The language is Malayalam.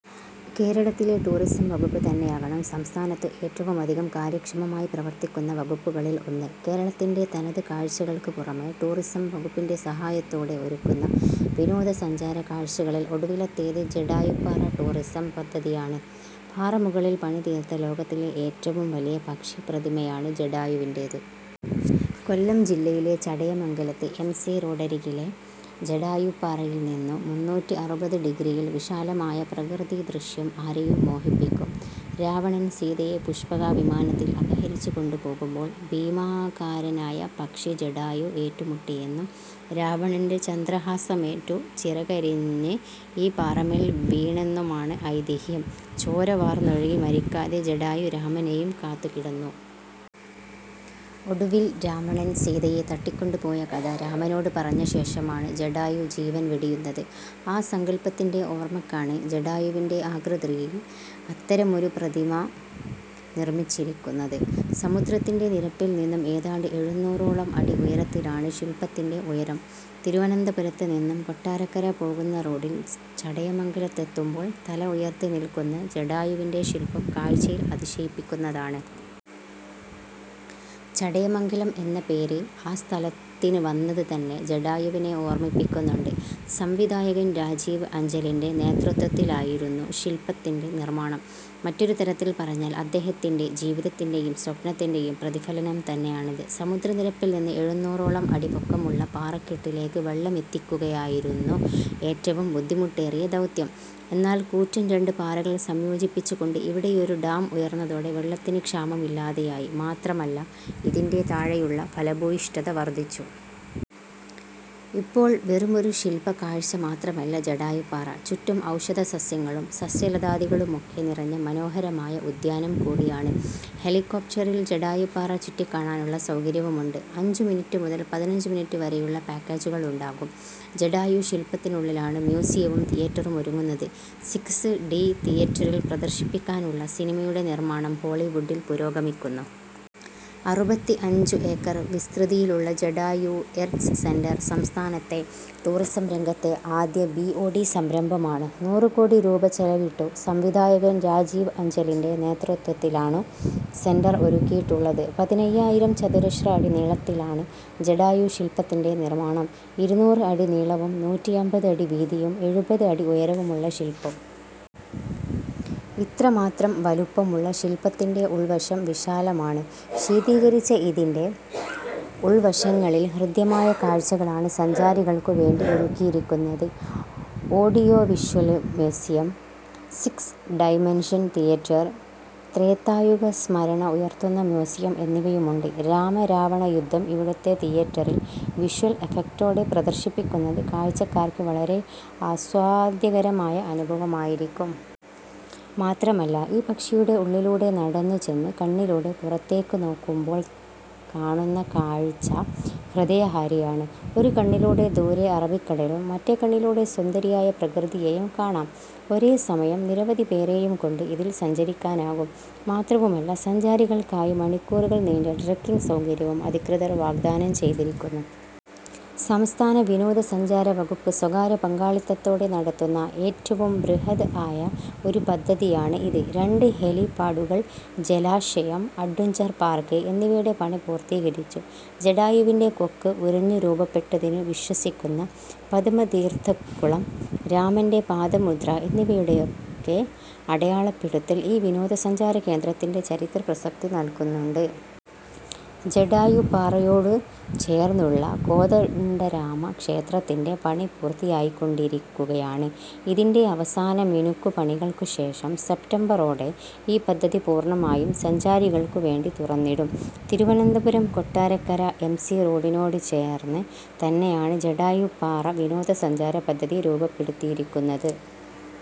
കേരളത്തിലെ ടൂറിസം വകുപ്പ് തന്നെയാകണം സംസ്ഥാനത്തു ഏറ്റവുമധികം കാര്യക്ഷമമായി പ്രവർത്തിക്കുന്ന വകുപ്പുകളിൽ ഒന്ന്. കേരളത്തിന്റെ തനത് കാഴ്ചകൾക്ക് പുറമെ ടൂറിസം വകുപ്പിന്റെ സഹായത്തോടെ ഒരുക്കുന്ന വിനോദ സഞ്ചാര കാഴ്ചകളിൽ ഒടുവിലത്തേത് ജടായുപ്പാറ ടൂറിസം പദ്ധതിയാണ്. പാറമുകളിൽ പണി തീർത്ത ലോകത്തിലെ ഏറ്റവും വലിയ പക്ഷി പ്രതിമയാണ് ജടായുവിന്റേത്. കൊല്ലം ജില്ലയിലെ ചടയമംഗലത്ത് എംസി റോഡരികിലെ ജടായുപ്പാറയിൽനിന്നു മുന്നൂറ്റിഅറുപത് ഡിഗ്രിയിൽ വിശാലമായ പ്രകൃതിദൃശ്യം ആരെയും മോഹിപ്പിക്കും. രാവണൻ സീതയെ പുഷ്പക വിമാനത്തിൽ അപഹരിച്ചു കൊണ്ടുപോകുമ്പോൾ ഭീമാകാരനായ പക്ഷി ജടായു ഏറ്റുമുട്ടിയെന്നും രാവണന്റെ ചന്ദ്രഹാസമേറ്റു ചിറകരിഞ്ഞ് ഈ പാറമേൽ വീണെന്നുമാണ് ഐതിഹ്യം. ചോര വാർന്നൊഴുകി മരിക്കാതെ ജടായു രാമനെയും കാത്തു കിടന്നു. ഒടുവിൽ രാവണൻ സീതയെ തട്ടിക്കൊണ്ടു പോയ കഥ രാമനോട് പറഞ്ഞ ശേഷമാണ് ജടായു ജീവൻ വെടിയുന്നത്. ആ സങ്കൽപ്പത്തിന്റെ ഓർമയ്ക്കായാണ് ജടായുവിന്റെ ആകൃതിയിൽ അത്തരമൊരു പ്രതിമ നിർമിച്ചിരിക്കുന്നത്. സമുദ്രത്തിന്റെ നിരപ്പിൽ നിന്നും ഏതാണ്ട് എഴുന്നൂറോളം അടി ഉയരത്തിലാണ് ശിൽപ്പത്തിന്റെ ഉയരം. തിരുവനന്തപുരത്ത് നിന്നും കൊട്ടാരക്കര പോകുന്ന റോഡിൽ ചടയമംഗലത്തെത്തുമ്പോൾ തല ഉയർത്തി നിൽക്കുന്ന ജടായുവിന്റെ ശിൽപം കാഴ്ചയിൽ അതിശയിപ്പിക്കുന്നതാണ്! ചടയമംഗലം എന്ന പേര് ആ സ്ഥലത്തിന് വന്നത് തന്നെ ജടായുവിനെ ഓർമിപ്പിക്കുന്നുണ്ട്. സംവിധായകൻ രാജീവ് അഞ്ചലിന്റെ നേതൃത്വത്തിലായിരുന്നു ശിൽപ്പത്തിന്റെ നിർമ്മാണം. മറ്റൊരു തരത്തിൽ പറഞ്ഞാൽ അദ്ദേഹത്തിന്റെ ജീവിതത്തിന്റെയും സ്വപ്നത്തിന്റെയും പ്രതിഫലനം തന്നെയാണിത്. സമുദ്രനിരപ്പിൽ നിന്ന് എഴുന്നൂറോളം അടി പൊക്കമുള്ള പാറക്കെട്ടിലേക്ക് വെള്ളമെത്തിക്കുകയായിരുന്നു ഏറ്റവും ബുദ്ധിമുട്ടേറിയ ദൗത്യം, എന്നാൽ കൂറ്റൻ രണ്ട് പാറകൾ സംയോജിപ്പിച്ചു കൊണ്ട് ഇവിടെയൊരു ഡാം ഉയർന്നതോടെ വെള്ളത്തിന് ക്ഷാമമില്ലാതെയായി, മാത്രമല്ല ഇതിന്റെ താഴെയുള്ള ഫലഭൂയിഷ്ഠത വർദ്ധിച്ചു. ഇപ്പോൾ വെറുമൊരു ശിൽപ കാഴ്ച മാത്രമല്ല ജടായുപ്പാറ, ചുറ്റും ഔഷധ സസ്യങ്ങളും സസ്യലതാദികളുമൊക്കെ നിറഞ്ഞ മനോഹരമായ ഉദ്യാനം കൂടിയാണ്. ഹെലികോപ്റ്ററിൽ ജടായുപ്പാറ ചുറ്റിക്കാണാനുള്ള സൗകര്യവുമുണ്ട്. അഞ്ചു മിനിറ്റ് മുതൽ പതിനഞ്ചു മിനിറ്റ് വരെയുളള പാക്കേജുകളുണ്ടാകും. ജടായു ശിൽപത്തിനുള്ളിലാണ് മ്യൂസിയവും തിയറ്ററുമൊരുങ്ങുന്നത്. സിക്സ് ഡി തിയറ്ററിൽ പ്രദർശിപ്പിക്കാനുള്ള സിനിമയുടെ നിർമാണം ഹോളിവുഡിൽ പുരോഗമിക്കുന്നു. അറുപത്തിഅഞ്ചു ഏക്കർ വിസ്തൃതിയിലുള്ള ജടായു എർത്സ് സെന്റർ സംസ്ഥാനത്തെ ടൂറിസം രംഗത്തെ ആദ്യ ബിഒടി സംരംഭമാണ്. നൂറ് കോടി രൂപ ചെലവിട്ടു സംവിധായകൻ രാജീവ് അഞ്ചലിന്റെ നേതൃത്വത്തിലാണു സെന്റർ ഒരുക്കിയിട്ടുള്ളത്. പതിനയ്യായിരം ചതുരശ്ര അടി നീളത്തിലാണ് ജടായു ശിൽപ്പത്തിന്റെ നിർമ്മാണം. ഇരുനൂറ് അടി നീളവും നൂറ്റിഅമ്പത് അടി വീതിയും എഴുപത് അടി ഉയരവുമുള്ള ശിൽപ്പം. ഇത്രമാത്രം വലുപ്പമുള്ള ശിൽപ്പത്തിന്റെ ഉൾവശം വിശാലമാണ്. ശീതീകരിച്ച ഇതിന്റെ ഉൾവശങ്ങളിൽ ഹൃദ്യമായ കാഴ്ചകളാണ് സഞ്ചാരികൾക്കു വേണ്ടി ഒരുക്കിയിരിക്കുന്നത്. Audiovisual museum, six dimension theatre, ത്രേതായുഗ സ്മരണ ഉയർത്തുന്ന മ്യൂസിയം എന്നിവയുമുണ്ട്. രാമ-രാവണ യുദ്ധം ഇവിടുത്തെ തീയേറ്ററിൽ വിഷ്വൽ എഫക്ടോടെ പ്രദർശിപ്പിക്കുന്നത് കാഴ്ചക്കാർക്ക് വളരെ ആസ്വാദ്യകരമായ അനുഭവമായിരിക്കും. മാത്രമല്ല ഈ പക്ഷിയുടെ ഉള്ളിലൂടെ നടന്നു ചെന്ന് കണ്ണിലൂടെ പുറത്തേക്ക് നോക്കുമ്പോൾ കാണുന്ന കാഴ്ച ഹൃദയഹാരിയാണ്. ഒരു കണ്ണിലൂടെ ദൂരെ അറബിക്കടലും മറ്റേ കണ്ണിലൂടെ സുന്ദരിയായ പ്രകൃതിയെയും കാണാം. ഒരേ സമയം നിരവധി പേരെയും കൊണ്ട് ഇതിൽ സഞ്ചരിക്കാനാകും. മാത്രവുമല്ല സഞ്ചാരികൾക്കായി മണിക്കൂറുകൾ നീണ്ട ട്രെക്കിങ്ങ് സൗകര്യവും അധികൃതർ വാഗ്ദാനം ചെയ്തിരിക്കുന്നു. സംസ്ഥാന വിനോദ സഞ്ചാര വകുപ്പ് സ്വകാര്യ പങ്കാളിത്തത്തോടെ നടത്തുന്ന ഏറ്റവും ബൃഹദ് ആയ ഒരു പദ്ധതിയാണ് ഇത്. രണ്ട് ഹെലിപാഡുകൾ, ജലാശയം, അഡ്വഞ്ചർ പാർക്ക്, എന്നിവയുടെ പണി പൂർത്തീകരിച്ചു. ജടായുവിന്റെ കൊക്ക് ഉരഞ്ഞു രൂപപ്പെട്ടതിനു വിശ്വസിക്കുന്ന പദ്മതീർത്ഥക്കുളം, രാമന്റെ പാദമുദ്ര എന്നിവയുടെയൊക്കെ അടയാളപ്പെടുത്തൽ ഈ വിനോദ സഞ്ചാര കേന്ദ്രത്തിന്റെ ചരിത്ര പ്രസക്തി നൽകുന്നുണ്ട്. ജടായുപ്പാറയോടു ചേർന്നുള്ള കോദണ്ഡരാമ ക്ഷേത്രത്തിന്റെ പണി പൂർത്തിയായിക്കൊണ്ടിരിക്കുകയാണ്. ഇതിന്റെ അവസാന മിനുക്കുപണികൾക്കു ശേഷം സെപ്റ്റംബറോടെ ഈ പദ്ധതി പൂർണമായും സഞ്ചാരികൾക്കു വേണ്ടി തുറന്നിടും. തിരുവനന്തപുരം–കൊട്ടാരക്കര എം സി റോഡിനോട് ചേർന്ന് തന്നെയാണ് ജടായുപ്പാറ വിനോദ സഞ്ചാര പദ്ധതി രൂപപ്പെടുത്തിയിരിക്കുന്നത്.